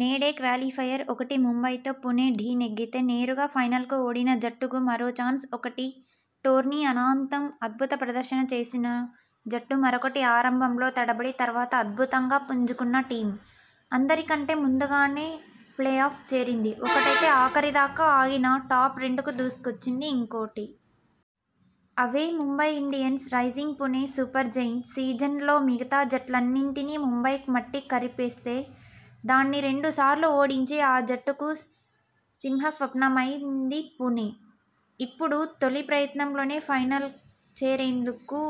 నేడే క్వాలిఫయర్-ఒకటి ముంబైతో పుణె ఢీ నెగ్గితే నేరుగా ఫైనల్కు ఓడిన జట్టుకు మరో చాన్స్ఒకటి టోర్నీ ఆనాంతం అద్భుత ప్రదర్శన చేసిన జట్టు మరొకటి ఆరంభంలో తడబడి తర్వాత అద్భుతంగా పుంజుకున్న టీమ్! అందరికంటే ముందుగానే ప్లే ఆఫ్ చేరింది ఒకటైతే ఆఖరి దాకా ఆగినా టాప్-రెండుకు దూసుకొచ్చింది ఇంకోటి! అవే Mumbai Indians, Rising Pune Supergiant! సీజన్లో మిగతా జట్లన్నింటినీ ముంబై మట్టి కరిపెస్తే దాన్ని రెండు సార్లూ ఓడించి ఆ జట్టుకు సింహస్వప్నమైంది పుణె! ఇప్పుడు తొలి ప్రయత్నంలోనే ఫైనల్ చేరేందుకు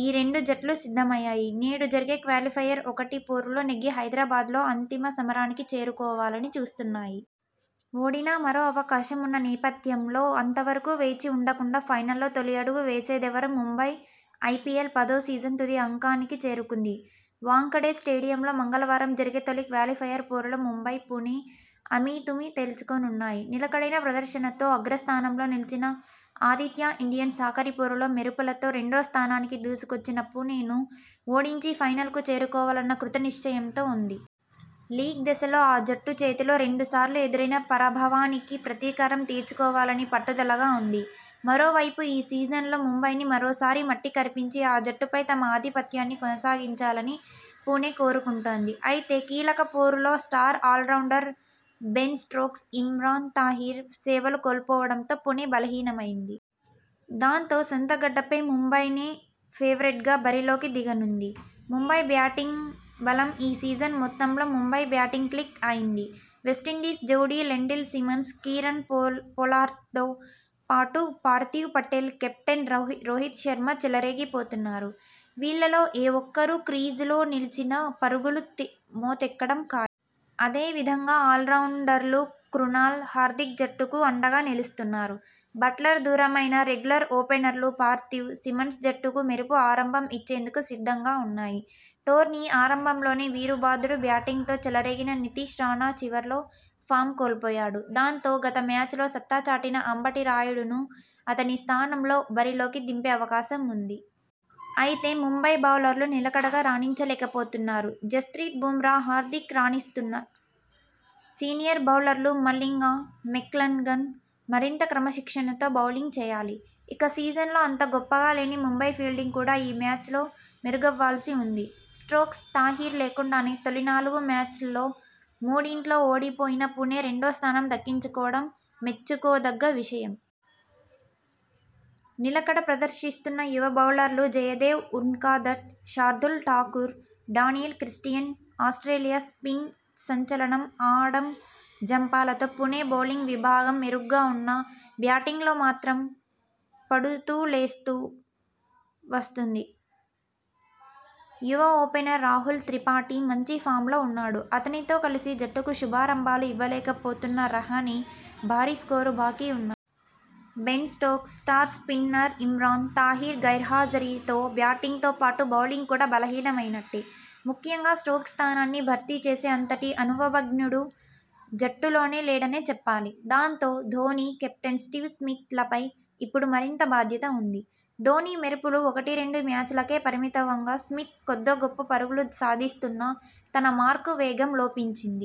ఈ రెండు జట్లూ సిద్ధమయ్యాయి! నేడు జరిగే క్వాలిఫయర్-ఒకటి పోరులో నెగ్గి హైదరాబాద్లో అంతిమ సమరానికి చేరుకోవాలని చూస్తున్నాయి! ఓడినా మరో అవకాశం ఉన్న నేపథ్యంలో అంతవరకూ వేచి ఉండకుండా ఫైనల్లో తొలి అడుగు వేసేదెవరో ముంబై ఐపీఎల్ పదో సీజన్ తుది అంకానికి చేరుకుంది. వాంఖడే స్టేడియంలో మంగళవారం జరిగే తొలి క్వాలిఫయర్ పోరులో ముంబై, పుణె అమీతుమీ తేల్చుకోనున్నాయి. నిలకడైన ప్రదర్శనతో అగ్రస్థానంలో నిలిచిన ఆతిథ్య ఇండియన్స్ ఆఖరి పోరులో మెరుపులతో రెండో స్థానానికి దూసుకొచ్చిన పుణెను ఓడించి ఫైనల్కు చేరుకోవాలన్న కృత నిశ్చయంతో ఉంది. లీగ్ దశలో ఆ జట్టు చేతిలో రెండు సార్లు ఎదురైన పరాభవానికి ప్రతీకారం తీర్చుకోవాలని పట్టుదలగా ఉంది. మరోవైపు ఈ సీజన్ లో ముంబైని మరోసారి మట్టికరిపించి ఆ జట్టుపై తమ ఆధిపత్యాన్ని కొనసాగించాలని పుణె కోరుకుంటోంది. అయితే, కీలక పోరులో star allrounder Ben Stokes, Imran Tahir సేవలు కోల్పోవడంతో పుణె బలహీనమైంది. దాంతో, సొంతగడ్డపై ముంబైనే ఫేవరెట్గా బరిలోకి దిగనుంది. ముంబై బ్యాటింగే బలం ఈ సీజన్ మొత్తంలో ముంబై బ్యాటింగ్ క్లిక్ అయింది. వెస్టిండీస్ జోడీ లెండిల్ సిమన్స్, కీరన్ పొలార్డ్తో పాటు పార్థివ్ పటేల్, కెప్టెన రోహిత్ శర్మ చెలరేగిపోతున్నారు. వీళ్లలో ఏ ఒక్కరు క్రీజులో నిలిచినా పరుగుల మోతెక్కడం ఖాయం. అదే విధంగా ఆల్రౌండర్లు క్రునాల్, హార్దిక్ జట్టుకు అండగా నిలుస్తున్నారు. బట్లర్ దూరమైనా రెగ్యులర్ ఓపెనర్లు పార్థివ్, సిమన్స్ జట్టుకు మెరుపు ఆరంభం ఇచ్చేందుకు సిద్ధంగా ఉన్నాయి. టోర్నీ ఆరంభంలోనే వీరబాదుడు బ్యాటింగ్తో చెలరేగిన నితీష్ రాణా చివర్లో ఫామ్ కోల్పోయాడు. దాంతో, గత మ్యాచ్ లో సత్తా చాటిన అంబటి రాయుడును అతని స్థానంలో బరిలోకి దింపే అవకాశం ఉంది. అయితే, ముంబై బౌలర్లు నిలకడగా రాణించలేకపోతున్నారు. జస్ప్రీత్ బుమ్రా, హార్దిక్ రాణిస్తున్నా. సీనియర్ బౌలర్లు మలింగ, మెక్లెన్గన్ మరింత క్రమశిక్షణతో బౌలింగ్ చేయాలి. ఇక, సీజన్లో అంత గొప్పగా లేని ముంబై ఫీల్డింగ్ కూడా ఈ మ్యాచ్లో మెరుగవ్వాల్సి ఉంది. స్టోక్స్, తాహిర్ లేకుండానే తొలి నాలుగు మ్యాచ్ ల్లో మూడింట్లో ఓడిపోయిన పుణె రెండో స్థానం దక్కించుకోవడం మెచ్చుకోదగ్గ విషయం. నిలకడ ప్రదర్శిస్తున్న యువ బౌలర్లు Jaydev Unadkat, Shardul Thakur, Daniel Christian Australia spin సంచలనం ఆడమ్ జంపాలతో పుణె బౌలింగ్ విభాగం మెరుగ్గా ఉన్నా, బ్యాటింగ్లో మాత్రం పడుతూ లేస్తూ వస్తుంది. యువ ఓపెనర్ రాహుల్ త్రిపాఠి మంచి ఫామ్లో ఉన్నాడు. అతనితో కలిసి జట్టుకు శుభారంభాలు ఇవ్వలేకపోతున్న రహానె భారీస్కోరు బాకీ ఉన్నాడు. Ben Stokes, star spinner Imran Tahir గైర్హాజరీతో బ్యాటింగ్తో పాటు బౌలింగ్ కూడా బలహీనమైనట్టే. ముఖ్యంగా స్టోక్స్ స్థానాన్ని భర్తీ చేసే అంతటి అనుభవజ్ఞుడు జట్టులో లేడనే చెప్పాలి. దాంతో, ధోనీ, కెప్టెన్ స్టివ్ స్మిత్ లపై ఇప్పుడు మరింత బాధ్యత ఉంది. ధోనీ మెరుపులు ఒకటి రెండు మ్యాచ్ లకే పరిమితవగా స్మిత్ కొద్దో గొప్పో పరుగులు సాధిస్తున్నా తన మార్కు వేగం లోపించింది.